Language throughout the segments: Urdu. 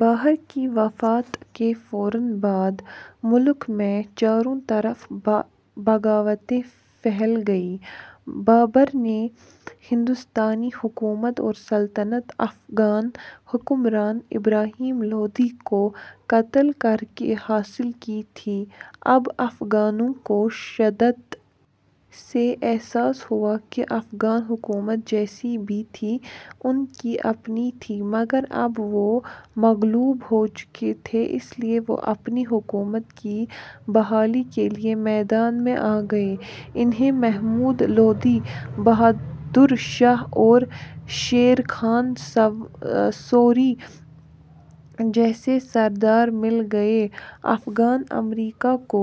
بابر کی وفات کے فوراً بعد ملک میں چاروں طرف بغاوتیں پھیل گئیں۔ بابر نے ہندوستانی حکومت اور سلطنت افغان حکمران ابراہیم لودھی کو قتل کرکے حاصل کی تھی اب افغانوں کو شدت سے احساس ہواکہ افغان حکومت جیسی بھی تھی ان کی اپنی تھی مگر اب وہ مغلوب ہو چکے تھے اس لیے وہ اپنی حکومت کی بحالی کے لیے میدان میں آ گئے انھیں محمود لودھی، بہادر شاہ اور شیر خان سوری جیسے سردار مل گئے افغان امرا کو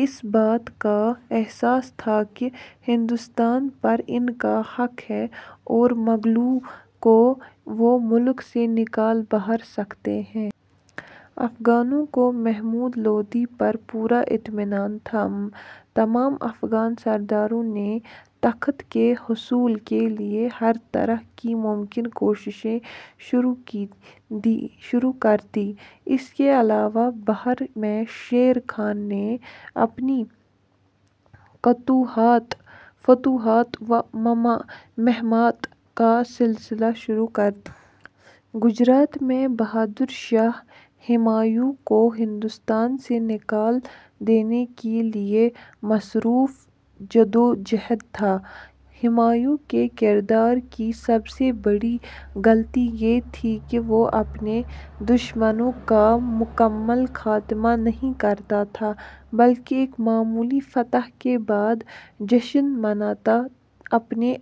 اس بات کا احساس تھا کہ ہندوستان پر ان کا حق ہے اور مغلوں کو وہ ملک سے نکال باہر کرسکتے ہیں۔ افغانوں کو محمود لودھی پر پورا اطمینان تھا۔ تمام افغان سرداروں نے تخت کے حصول کے لیے ہرطرح کی ممکن کوششیں شروع کر دیں۔ اس کے علاوہ بہار میں شیر خان نے اپنی فتوحات و مہمات کا سلسلہ شروع کر دیا۔ گجرات میں بہادر شاہ ہمایوں کو ہندوستان سے نکال دینے کے لیے مصروفِ جِدوجُہد تھا۔ ہمایوں کے کردار کی سب سے بڑی غلطی یہ تھی کہ وہ اپنے دشمنوں کا مکمل خاتمہ نہیں کرتاتھا بلکہ ایک معمولی فتح کے بعد جشن مناتا اپنے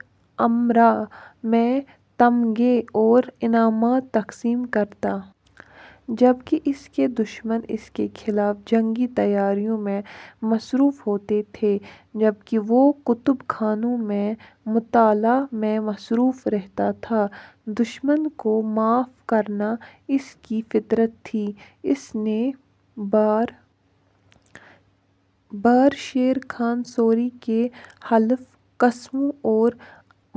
امرا میں تمغے اور انعامات تقسیم کرتا۔ جبکہ اس کے دشمن اس کے خلاف جنگی تیاریوں میں مصروف ہوتے تھے جبکہ وہ کتب خانوں میں مطالعہ میں مصروف رہتاتھا دشمن کو معاف کرنا اس کی فطرت تھی اس نے بار بار شیرخان سوری کے حلف، قسموں اور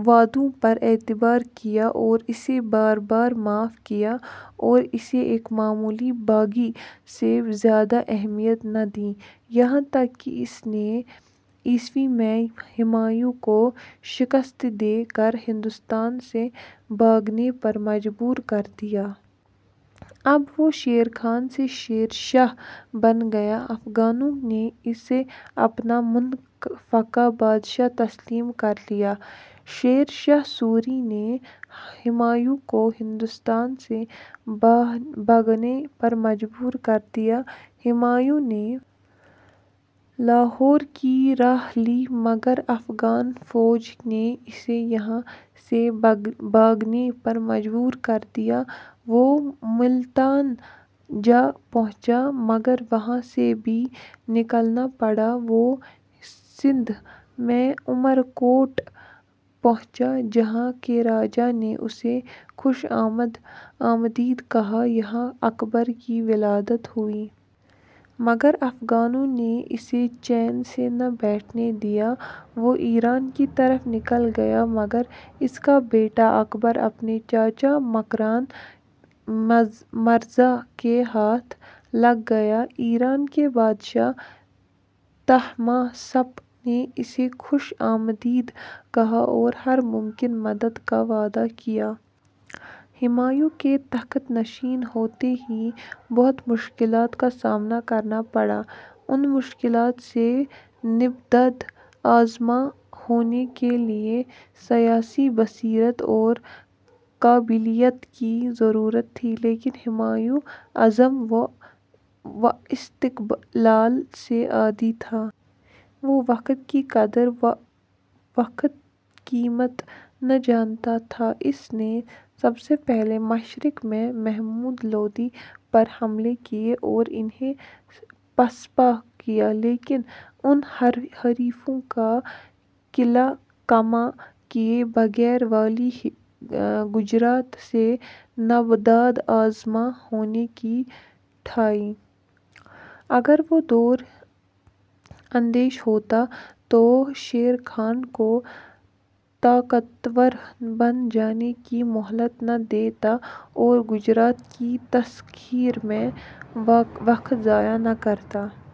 وعدوں پر اعتبار کیا اور اسے بار بار معاف کیا اور اسے ایک معمولی باغی سے زیادہ اہمیت نہ دی یہاں تک کہ اس نے ء میں ہمایوں کو شکست دے کر ہندوستان سے بھاگنے پر مجبور کر دیا۔ اب وہ شیر خان سے شیر شاہ بن گیا افغانوں نے اسے اپنا متفقہ بادشاہ تسلیم کر لیا۔ شیر شاہ سوری نے ہمایوں کو ہندوستان سے بھاگنے پر مجبور کر دیا ہمایوں نے لاہور کی راہ لی مگر افغان فوج نے اسے یہاں سے بھاگنے پر مجبور کر دیا وہ ملتان جا پہنچا مگر وہاں سے بھی نکلنا پڑاوہ سندھ میں عمر کوٹ پہنچا جہاں کے راجا نے اسے خوش آمدید کہا یہاں اکبر کی ولادت ہوئی۔ مگر افغانوں نے اسے چین سے نہ بیٹھنے دیا وہ ایران کی طرف نکل گیا مگر اس کا بیٹا اکبر اپنے چچا کامران مرزا کے ہاتھ لگ گیا ایران کے بادشاہ طہماسپ نے اسے خوش آمدید کہا اور ہر ممکن مدد کا وعدہ کیا۔ ہمایوں کے تخت نشین ہوتے ہی بہت مشکلات کا سامنا کرنا پڑا۔ ان مشکلات سے نبرد آزما ہونے کے لیے سیاسی بصیرت اور قابلیت کی ضرورت تھی لیکن ہمایوں عزم و استقلال سے عاری تھا۔ وہ وقت کی قدر و قیمت نہ جانتا تھا۔ اس نے سب سے پہلے مشرق میں محمود لودھی پر حملے کیے اور انھیں پسپا کیا لیکن ان حریفوں کا قلع قمع کیے بغیر والئ گجرات سے نبرد آزما ہونے کی ٹھانی۔ اگر وہ دور اندیش ہوتا تو شیر خان کو طاقتور بن جانے کی مہلت نہ دیتا اور گجرات کی تسخیر میں وقت ضائع نہ کرتا۔